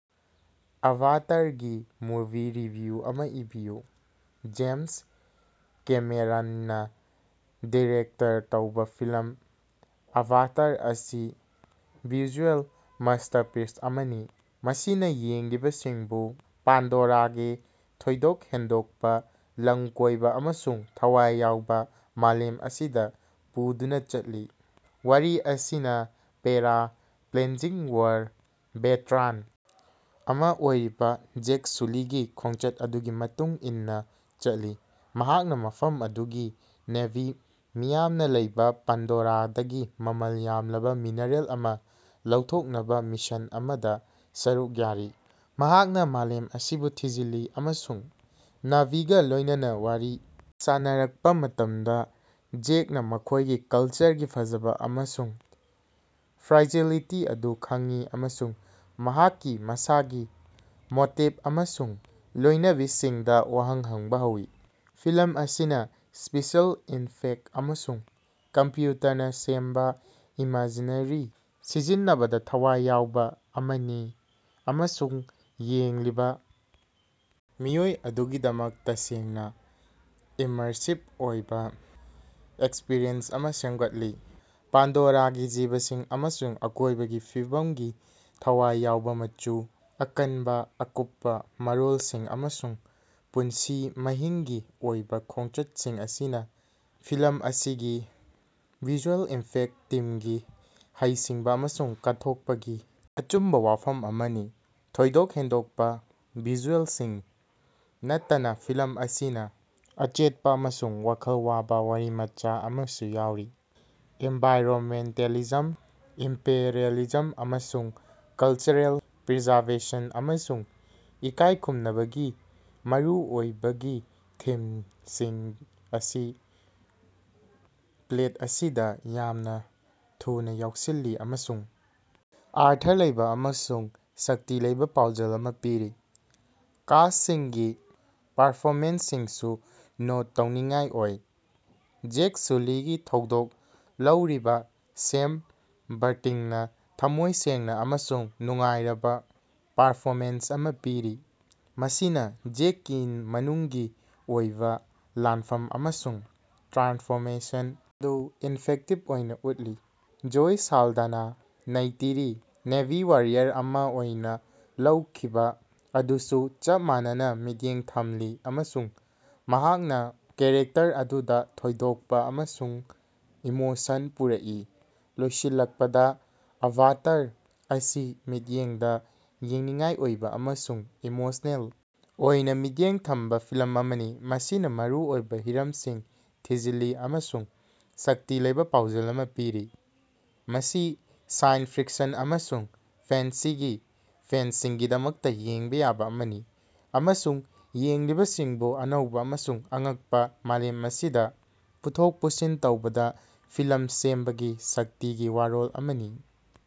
ꯑꯕꯥꯇꯥꯔꯒꯤ movie review ꯑꯃꯥ ꯏꯕꯤꯌꯨ꯫ James ꯀꯦꯃꯦꯔꯟꯅꯥ ꯗꯤꯔꯦꯛꯇꯔ ꯇꯧꯕꯥ ꯐꯤꯂꯝ ꯑꯚꯥꯇꯥꯔ ꯑꯁꯤ ꯚꯤꯖꯨꯑꯦꯜ ꯃꯥꯁꯇꯔꯄꯤꯁ ꯑꯃꯅꯤ ꯃꯁꯤꯅꯥ ꯌꯦꯡꯂꯤꯕꯁꯤꯡꯕꯨ ꯄꯥꯟꯗꯣꯔꯥꯒꯤ ꯊꯣꯏꯗꯣꯛ ꯍꯦꯟꯗꯣꯛꯄꯥ, ꯂꯝꯀꯣꯏꯕꯥ ꯑꯃꯁꯨꯡ ꯊꯋꯥꯏ ꯌꯥꯎꯕꯥ ꯃꯥꯂꯦꯝ ꯑꯁꯤꯗꯥ ꯄꯨꯗꯨꯅꯥ ꯆꯠꯂꯤ꯫ ꯋꯥꯔꯤ ꯑꯁꯤꯅꯥ ꯄꯦꯔꯥꯄ꯭ꯂꯦꯖꯤꯛ ꯋꯥꯔ ꯚꯦꯇꯔꯥꯟ ꯑꯃꯥ ꯑꯣꯏꯔꯤꯕꯥ ꯖꯦꯛ ꯁꯨꯂꯤꯒꯤ ꯈꯣꯡꯆꯠ ꯑꯗꯨꯒꯤ ꯃꯇꯨꯡ ꯏꯟꯅꯥ ꯆꯠꯂꯤ, ꯃꯍꯥꯛꯅꯥ ꯃꯐꯝ ꯑꯗꯨꯒꯤ ꯅꯥꯚꯤ ꯃꯤꯌꯥꯝꯅꯥ ꯂꯩꯕꯥ ꯄꯥꯟꯗꯣꯔꯥꯗꯒꯤ ꯃꯃꯜ ꯌꯥꯝꯂꯕꯥ ꯃꯤꯅꯔꯦꯜ ꯑꯃꯥ ꯂꯧꯊꯣꯛꯅꯕꯥ ꯃꯤꯁꯟ ꯑꯃꯗꯥ ꯁꯔꯨꯛ ꯌꯥꯔꯤ꯫ ꯃꯍꯥꯛꯅꯥ ꯃꯥꯂꯦꯝ ꯑꯁꯤꯕꯨ ꯊꯤꯖꯤꯜꯂꯤ ꯑꯃꯁꯨꯡ ꯅꯥꯚꯤꯒꯥ ꯂꯣꯏꯅꯅꯥ ꯋꯥꯔꯤ ꯁꯥꯟꯅꯔꯛꯄꯥ ꯃꯇꯝꯗꯥ, ꯖꯦꯛꯅꯥ ꯃꯈꯣꯏꯒꯤ ꯀꯜꯆꯔꯒꯤ ꯐꯖꯕꯥ ꯑꯃꯁꯨꯡ ꯐ꯭ꯔꯥꯏꯖꯤꯂꯤꯇꯤ ꯑꯗꯨ ꯈꯪꯏ ꯑꯃꯁꯨꯡ ꯃꯍꯥꯛꯀꯤ ꯃꯁꯥꯒꯤ ꯃꯣꯇꯤꯞ ꯑꯃꯁꯨꯡ ꯂꯣꯏꯅꯕꯤꯁꯤꯡꯗꯥ ꯋꯥꯍꯪ ꯍꯪꯕꯥ ꯍꯧꯏ꯫ ꯐꯤꯂꯝ ꯑꯁꯤꯅꯥ ꯁ꯭ꯄꯦꯁꯤꯑꯦꯜ ꯏꯐꯦꯛ ꯑꯃꯁꯨꯡ ꯀꯝꯄ꯭ꯌꯨꯇꯔꯅꯥ ꯁꯦꯝꯕꯥ ꯏꯃꯦꯖꯔꯤ ꯁꯤꯖꯤꯟꯅꯕꯅꯥ ꯊꯋꯥꯏ ꯌꯥꯎꯕꯥ ꯑꯃꯅꯤ ꯑꯃꯁꯨꯡ ꯌꯦꯡꯂꯤꯕꯥ ꯃꯤꯑꯣꯏ ꯑꯗꯨꯒꯤꯗꯃꯛ ꯇꯁꯦꯡꯅꯥ ꯏꯃꯔꯁꯤꯞ ꯑꯣꯏꯕꯥ ꯑꯦꯛꯁꯄ꯭ꯔꯤꯌꯦꯟꯁ ꯑꯃꯥ ꯁꯦꯝꯒꯠꯂꯤ꯫ ꯄꯥꯟꯗꯣꯔꯥꯒꯤ ꯖꯤꯕꯁꯤꯡ ꯑꯃꯁꯨꯡ ꯑꯀꯣꯏꯕꯒꯤ ꯐꯤꯕꯝꯒꯤ ꯊꯋꯥꯏ ꯌꯥꯎꯕꯥ ꯃꯆꯨ, ꯑꯀꯟꯕꯥ ꯑꯀꯨꯞꯄꯥ ꯃꯔꯣꯜꯁꯤꯡ ꯑꯃꯁꯨꯡ ꯄꯨꯟꯁꯤ ꯃꯍꯤꯡꯒꯤ ꯑꯣꯏꯕꯥ ꯈꯣꯡꯆꯠꯁꯤꯡ ꯑꯁꯤꯅꯥ ꯐꯤꯂꯝ ꯑꯁꯤꯒꯤ ꯚꯤꯖꯨꯑꯦꯜ ꯏꯐꯦꯛ ꯇꯤꯝꯒꯤ ꯍꯩꯁꯤꯡꯕꯥ ꯑꯃꯁꯨꯡ ꯀꯠꯊꯣꯛꯄꯒꯤ ꯑꯆꯨꯝꯕꯥ ꯋꯥꯐꯝ ꯑꯃꯅꯤ꯫ ꯊꯣꯏꯗꯣꯛ ꯍꯦꯟꯗꯣꯛꯄꯥ ꯚꯤꯖꯨꯑꯦꯜꯁꯤꯡ ꯅꯠꯇꯅꯥ ꯐꯤꯂꯝ ꯑꯁꯤꯅꯥ ꯑꯆꯦꯠꯄꯥ ꯑꯃꯁꯨꯡ ꯋꯥꯈꯜ ꯋꯥꯕꯥ ꯋꯥꯔꯤꯃꯆꯥ ꯑꯃꯁꯨ ꯌꯥꯎꯔꯤ꯫ ꯑꯦꯟꯚꯥꯏꯔꯟꯃꯦꯟꯇꯦꯂꯤꯖꯝ, ꯏꯝꯄꯦꯔꯦꯂꯤꯖꯝ ꯑꯃꯁꯨꯡ ꯀꯜꯆꯔꯦꯜ ꯄ꯭ꯔꯤꯖꯥꯔꯕꯦꯁꯟ ꯑꯃꯁꯨꯡ ꯏꯀꯥꯏ ꯈꯨꯝꯅꯕꯒꯤ ꯃꯔꯨꯑꯣꯏꯕꯒꯤ ꯊꯤꯝꯁꯤꯡ ꯑꯁꯤ ꯄ꯭ꯂꯦꯠ ꯑꯁꯤꯗꯥ ꯌꯥꯝꯅꯥ ꯊꯨꯅꯥ ꯌꯥꯎꯁꯤꯜꯂꯤ ꯑꯃꯁꯨꯡ ꯑꯔꯊ ꯂꯩꯕꯥ ꯑꯃꯁꯨꯡ ꯁꯛꯇꯤ ꯂꯩꯕꯥ ꯄꯥꯎꯖꯦꯜ ꯑꯃꯥ ꯄꯤꯔꯤ꯫ ꯀꯥꯁꯁꯤꯡꯒꯤ ꯄꯔꯐꯣꯃꯦꯟꯁꯁꯤꯡꯁꯨ ꯅꯣꯠ ꯇꯧꯅꯤꯡꯉꯥꯏ ꯑꯣꯏ꯫ ꯖꯦꯛ ꯁꯨꯂꯤꯒꯤ ꯊꯧꯗꯥꯡ ꯂꯧꯔꯤꯕꯥ ꯁꯦꯝ ꯕꯔꯇꯤꯡꯅꯥ ꯊꯝꯃꯣꯏ ꯁꯦꯡꯅꯥ ꯑꯃꯁꯨꯡ ꯅꯨꯡꯉꯥꯏꯔꯕꯥ ꯄꯔꯐꯣꯃꯦꯟꯁ ꯑꯃꯥ ꯄꯤꯔꯤ, ꯃꯁꯤꯅꯥ ꯖꯦꯛꯀꯤ ꯃꯅꯨꯡꯒꯤ ꯑꯣꯏꯕꯥ ꯂꯥꯟꯐꯝ ꯑꯃꯁꯨꯡ ꯇ꯭ꯔꯥꯟꯁꯐꯣꯔꯃꯦꯁꯟ ꯑꯗꯨ ꯏꯐꯦꯛꯇꯤꯞ ꯑꯣꯏꯅꯥ ꯎꯠꯂꯤ꯫ Zoe Saldana Neytiri, Na'vi warrior ꯑꯃꯥ ꯑꯣꯏꯅꯥ ꯂꯧꯈꯤꯕꯥ ꯑꯗꯨꯁꯨ ꯆꯞ ꯃꯥꯟꯅꯅꯥ ꯃꯤꯠꯌꯦꯡ ꯊꯝꯂꯤ ꯑꯃꯁꯨꯡ ꯃꯍꯥꯛꯅꯥ ꯀꯥꯔꯦꯇꯔ ꯑꯗꯨꯗꯥ ꯊꯣꯏꯗꯣꯛꯄꯥ ꯑꯃꯁꯨꯡ ꯏꯃꯣꯁꯟ ꯄꯨꯔꯛꯏ꯫ ꯂꯣꯏꯁꯤꯜꯂꯛꯄꯗꯥ, ꯑꯕꯥꯇꯥꯔ ꯑꯁꯤ ꯃꯤꯠꯌꯦꯡꯗꯥ ꯌꯦꯡꯅꯤꯡꯉꯥꯏ ꯑꯣꯏꯕꯥ ꯑꯃꯁꯨꯡ ꯏꯃꯣꯁꯅꯦꯜ ꯑꯣꯏꯅꯥ ꯃꯤꯠꯌꯦꯡ ꯊꯝꯕꯥ ꯐꯤꯂꯝ ꯑꯃꯅꯤ, ꯃꯁꯤꯅꯥ ꯃꯔꯨꯑꯣꯏꯕꯥ ꯍꯤꯔꯝꯁꯤꯡ ꯊꯤꯖꯤꯜꯂꯤ ꯑꯃꯁꯨꯡ ꯁꯛꯇꯤ ꯂꯩꯕꯥ ꯄꯥꯎꯖꯦꯜ ꯑꯃꯥ ꯄꯤꯔꯤ꯫ ꯃꯁꯤ ꯁꯥꯏꯟꯁ ꯐꯤꯛꯁꯟ ꯑꯃꯁꯨꯡ ꯐꯦꯟꯁꯤꯒꯤ ꯐꯦꯟꯁꯤꯡꯒꯤꯗꯃꯛꯇꯥ ꯌꯦꯡꯕꯥ ꯌꯥꯕꯥ ꯑꯃꯅꯤ, ꯑꯃꯁꯨꯡ ꯌꯦꯡꯂꯤꯕꯁꯤꯡꯕꯨ ꯑꯅꯧꯕꯥ ꯑꯃꯁꯨꯡ ꯑꯉꯛꯄꯥ ꯃꯥꯂꯦꯝꯁꯤꯡꯗꯥ ꯄꯨꯊꯣꯛ ꯄꯨꯁꯤꯟ ꯇꯧꯕꯗꯥ ꯐꯤꯂꯝ ꯁꯦꯝꯕꯒꯤ ꯁꯛꯇꯤꯒꯤ ꯋꯥꯔꯣꯜ ꯑꯃꯅꯤ꯫